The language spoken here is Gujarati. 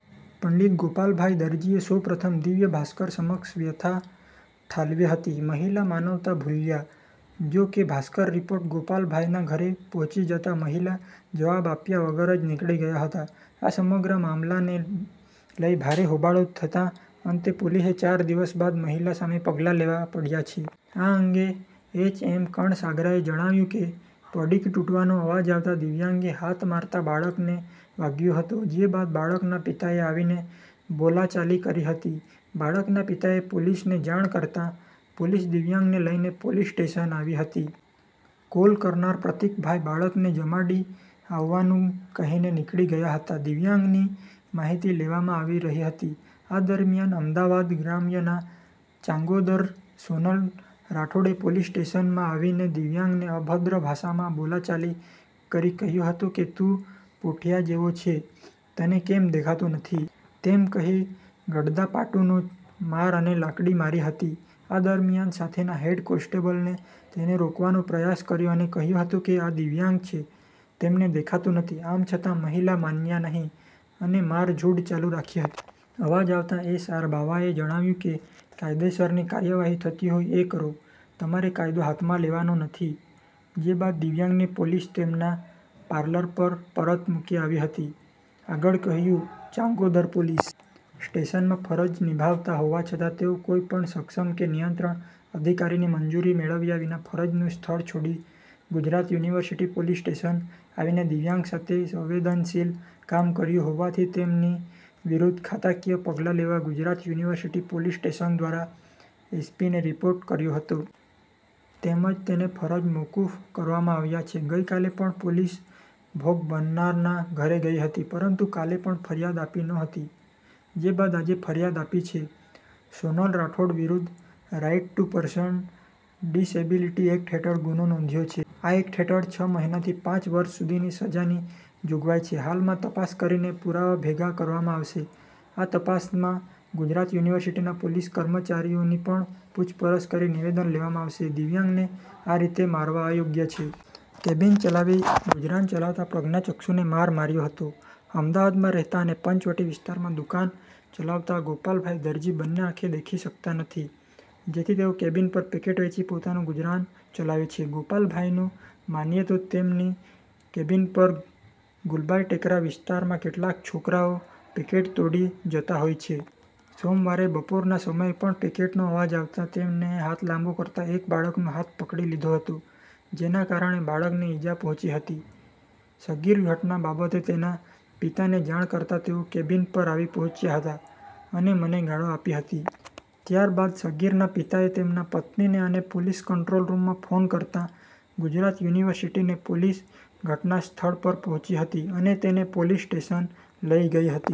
પીડિત ગોપાલભાઈ દરજીએ સૌ પ્રથમ દિવ્ય ભાસ્કર સમક્ષ વ્યથા ઠાલવી હતી. મહિલા માનવતા ભૂલ્યા. જો કે, ભાસ્કર રિપોર્ટર ગોપાલભાઈના ઘરે પહોંચી જતા મહિલા જવાબ આપ્યા વગર જ નીકળી ગયા હતા. આ સમગ્ર મામલાને લઈ ભારે હોબાળો થતા અંતે પોલીસે ચાર દિવસ બાદ મહિલા સામે પગલાં લેવા પડ્યા છે. આ અંગે એચ. એમ કણસાગરાએ જણાવ્યું કે "પડીકું તૂટવાનો અવાજ આવતા દિવ્યાંગે હાથ મારતા બાળકને વાગ્યો હતો. જે બાદ બાળકના પિતાએ આવીને બોલાચાલી કરી હતી. બાળકના પિતાએ પોલીસને જાણ કરતા પોલીસ દિવ્યાંગને લઈને પોલીસ સ્ટેશન આવી હતી." કોલ કરનાર પ્રતિકભાઈ બાળકને જમાડી આવવાનું કહીને નીકળી ગયા હતા. દિવ્યાંગની માહિતી લેવામાં આવી રહી હતી. આ દરમિયાન અમદાવાદ ગ્રામ્યના ચાંગોદર સોનલ રાઠોડે પોલીસ સ્ટેશનમાં આવીને દિવ્યાંગને અભદ્ર ભાષામાં બોલાચાલી કરી કહ્યું હતું કે, "તું પોઠીયા જેવો છે, તને કેમ દેખાતું નથી? તેમ કહી ગડદાપાટુનો માર અને લાકડી મારી હતી." આ દરમિયાન સાથેના હેડ કોન્સ્ટેબલે તેને રોકવાનો પ્રયાસ કર્યો અને કહ્યું હતું કે, "આ દિવ્યાંગ છે, તેમને દેખાતું નથી.' આમ છતાં મહિલા માન્યા નહીં અને મારઝૂડ ચાલુ રાખી હતી. અવાજ આવતા એસ. આર. બાવાએ જણાવ્યું કે, "કાયદેસરની કાર્યવાહી થતી હોય એ કરો તમારે કાયદો હાથમાં લેવાનો નથી." જે બાદ દિવ્યાંગને પોલીસ તેમના પાર્લર પર પરત મૂકી આવી હતી. આગળ કહ્યું, "ચાંગોદર પોલીસ સ્ટેશનમાં ફરજ નિભાવતા હોવા છતાં તેઓ કોઈપણ સક્ષમ કે નિયંત્રણ અધિકારીની મંજૂરી મેળવ્યા વિના ફરજનું સ્થળ છોડી ગુજરાત યુનિવર્સિટી પોલીસ સ્ટેશન આવીને દિવ્યાંગ સાથે અસંવેદનશીલ કામ કર્યું હોવાથી તેમની વિરુદ્ધ ખાતાકીય પગલાં લેવા ગુજરાત યુનિવર્સિટી પોલીસ સ્ટેશન દ્વારા એસ પીને રિપોર્ટ કર્યો હતો. તેમજ તેને ફરજ મોકૂફ કરવામાં આવ્યા છે. ગઈકાલે પણ પોલીસ ભોગ બનનારના ઘરે ગઈ હતી, પરંતુ કાલે પણ ફરિયાદ આપી નહોતી. જે બાદ આજે ફરિયાદ આપી છે. સોનલ રાઠોડ વિરુદ્ધ right to person disability act હેઠળ ગુનો નોંધ્યો છે. આ એક્ટ હેઠળ છ મહિનાથી પાંચ વર્ષ સુધીની સજાની જોગવાઈ છે. હાલમાં તપાસ કરીને પુરાવા ભેગા કરવામાં આવશે. આ તપાસમાં ગુજરાત યુનિવર્સિટીના પોલીસ કર્મચારીઓની પણ પૂછપરછ કરી નિવેદન લેવામાં આવશે. દિવ્યાંગને આ રીતે મારવા અયોગ્ય છે. કેબીન ચલાવી ગુજરાન ચલાવતા પ્રજ્ઞાચક્ષુને માર માર્યો હતો. અમદાવાદમાં રહેતા અને પંચવટી વિસ્તારમાં દુકાન ચલાવતા ગોપાલભાઈ દરજી બંને આંખે દેખી શકતા નથી. જેથી તેઓ કેબીન પર પેકેટ વેચી પોતાનું ગુજરાન ચલાવે છે. ગોપાલભાઈનું માનીએ તો, તેમની કેબીન પર ગુલબાઈ ટેકરા વિસ્તારમાં કેટલાક છોકરાઓ પેકેટ તોડી જતા હોય છે. સોમવારે બપોરના સમયે પણ પેકેટનો અવાજ આવતા તેમને હાથ લાંબો કરતા એક બાળકનો હાથ પકડી લીધો હતો. જેના કારણે બાળકને ઈજા પહોંચી હતી. સગીરે ઘટના બાબતે તેના પિતાને જાણ કરતા તેઓ કેબીન પર આવી પહોંચ્યા હતા, અને મને ગાળો આપી હતી. ત્યારબાદ સગીરના પિતાએ તેમના પત્નીને અને પોલીસ કંટ્રોલ રૂમમાં ફોન કરતા ગુજરાત યુનિવર્સિટી પોલીસ ઘટનાસ્થળ પર પહોંચી હતી. અને તેને પોલીસ સ્ટેશન લઈ ગઈ હતી.